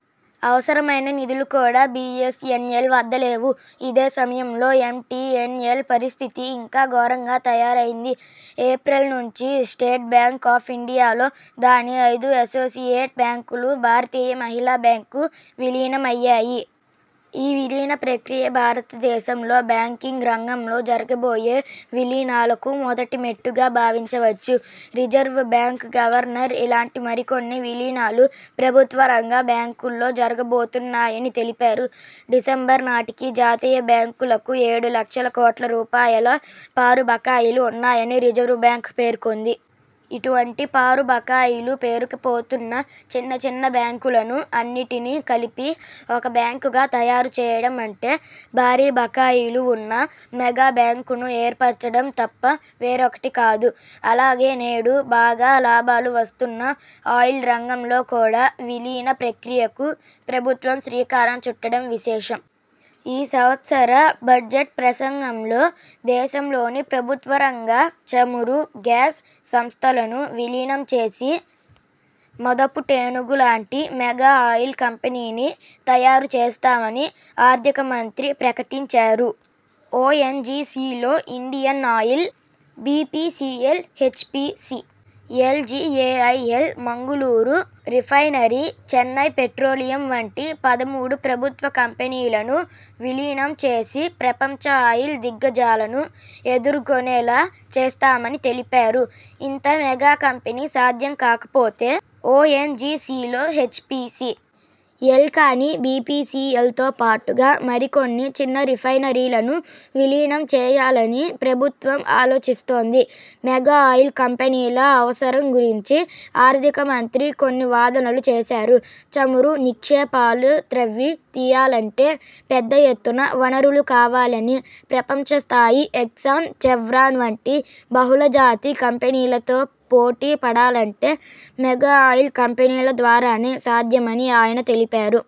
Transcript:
అవసరమైన నిధులు కూడా బి. ఎస్. ఎన్. ఎల్ వద్ద లేవు. ఇదే సమయంలో ఎం. టి. ఎన్. ఎల్ పరిస్థితి ఇంకా ఘోరంగా తయారైంది. ఏప్రిల్ నుంచి స్టేట్ బ్యాంక్ ఆఫ్ ఇండియాలో దాని ఐదు అసోసియేట్ బ్యాంకులు, భారతీయ మహిళా బ్యాంకు విలీనమయ్యాయి. ఈ విలీన ప్రక్రియ భారతదేశంలో బ్యాంకింగ్ రంగంలో జరగబోయే విలీనాలకు మొదటి మెట్టుగా భావించవచ్చు. రిజర్వ్ బ్యాంకు గవర్నర్ ఇలాంటి మరికొన్ని విలీనాలు ప్రభుత్వరంగ బ్యాంకుల్లో జరగబోతున్నాయని తెలిపారు. డిసెంబర్ నాటికి జాతీయ బ్యాంకులకు ఏడు లక్షల కోట్ల రూపాయల పారు బకాయిలు ఉన్నాయని రిజర్వ్ బ్యాంకు పేర్కొంది. ఇటువంటి పారు బకాయిలు పేరుకుపోతున్న చిన్న చిన్న బ్యాంకులను అన్నింటిని కలిపి ఒక బ్యాంకుగా తయారు చేయడం అంటే భారీ బకాయిలు వున్న మెగా బ్యాంకును ఏర్పరచడం తప్ప వేరొకటి కాదు. అలాగే, నేడు బాగా లాభాలు వస్తున్న ఆయిల్ రంగంలో కూడా విలీన ప్రక్రియకు ప్రభుత్వం శ్రీకారం చుట్టడం విశేషం. ఈ సంవత్సర బడ్జెట్ ప్రసంగంలో దేశంలోని ప్రభుత్వరంగ చమురు, గ్యాస్ సంస్థలను విలీనం చేసి మదపుటేనుగులాంటి మెగా ఆయిల్ కంపెనీని తయారు చేస్తామని ఆర్ధిక మంత్రి ప్రకటించారు. ఒ. ఎన్. జి. సిలో Indian Oil, B. P. C. L, H. P. C. L, G. A. I. L, Mangalore refinery, Chennai petroleum వంటి పదమూడు ప్రభుత్వ కంపెనీలను విలీనం చేసి ప్రపంచ ఆయిల్ దిగ్గజాలను ఎదుర్కొనేలా చేస్తామని తెలిపారు. ఇంత మెగా కంపెనీ సాధ్యం కాకపోతే, ఒ. ఎన్. జి. సిలో హెచ్. పి. సి. ఎల్ కాని, బి. పి. సి. ఎల్ తోపాటుగా మరికొన్ని చిన్న రిఫైనరీలను విలీనం చేయాలని ప్రభుత్వం ఆలోచిస్తోంది. మెగా ఆయిల్ కంపెనీల అవసరం గురించి ఆర్ధిక మంత్రి కొన్ని వాదనలు చేశారు. చమురు నిక్షేపాలు త్రవ్వి తీయాలంటే పెద్దఎత్తున వనరులు కావాలని, ప్రపంచస్థాయి ఎక్సాన్, చెవ్రాన్ వంటి బహుళజాతి కంపెనీలతో పోటీ పడాలంటే మెగా ఆయిల్ కంపెనీల ద్వారానే సాధ్యమని ఆయన తెలిపారు.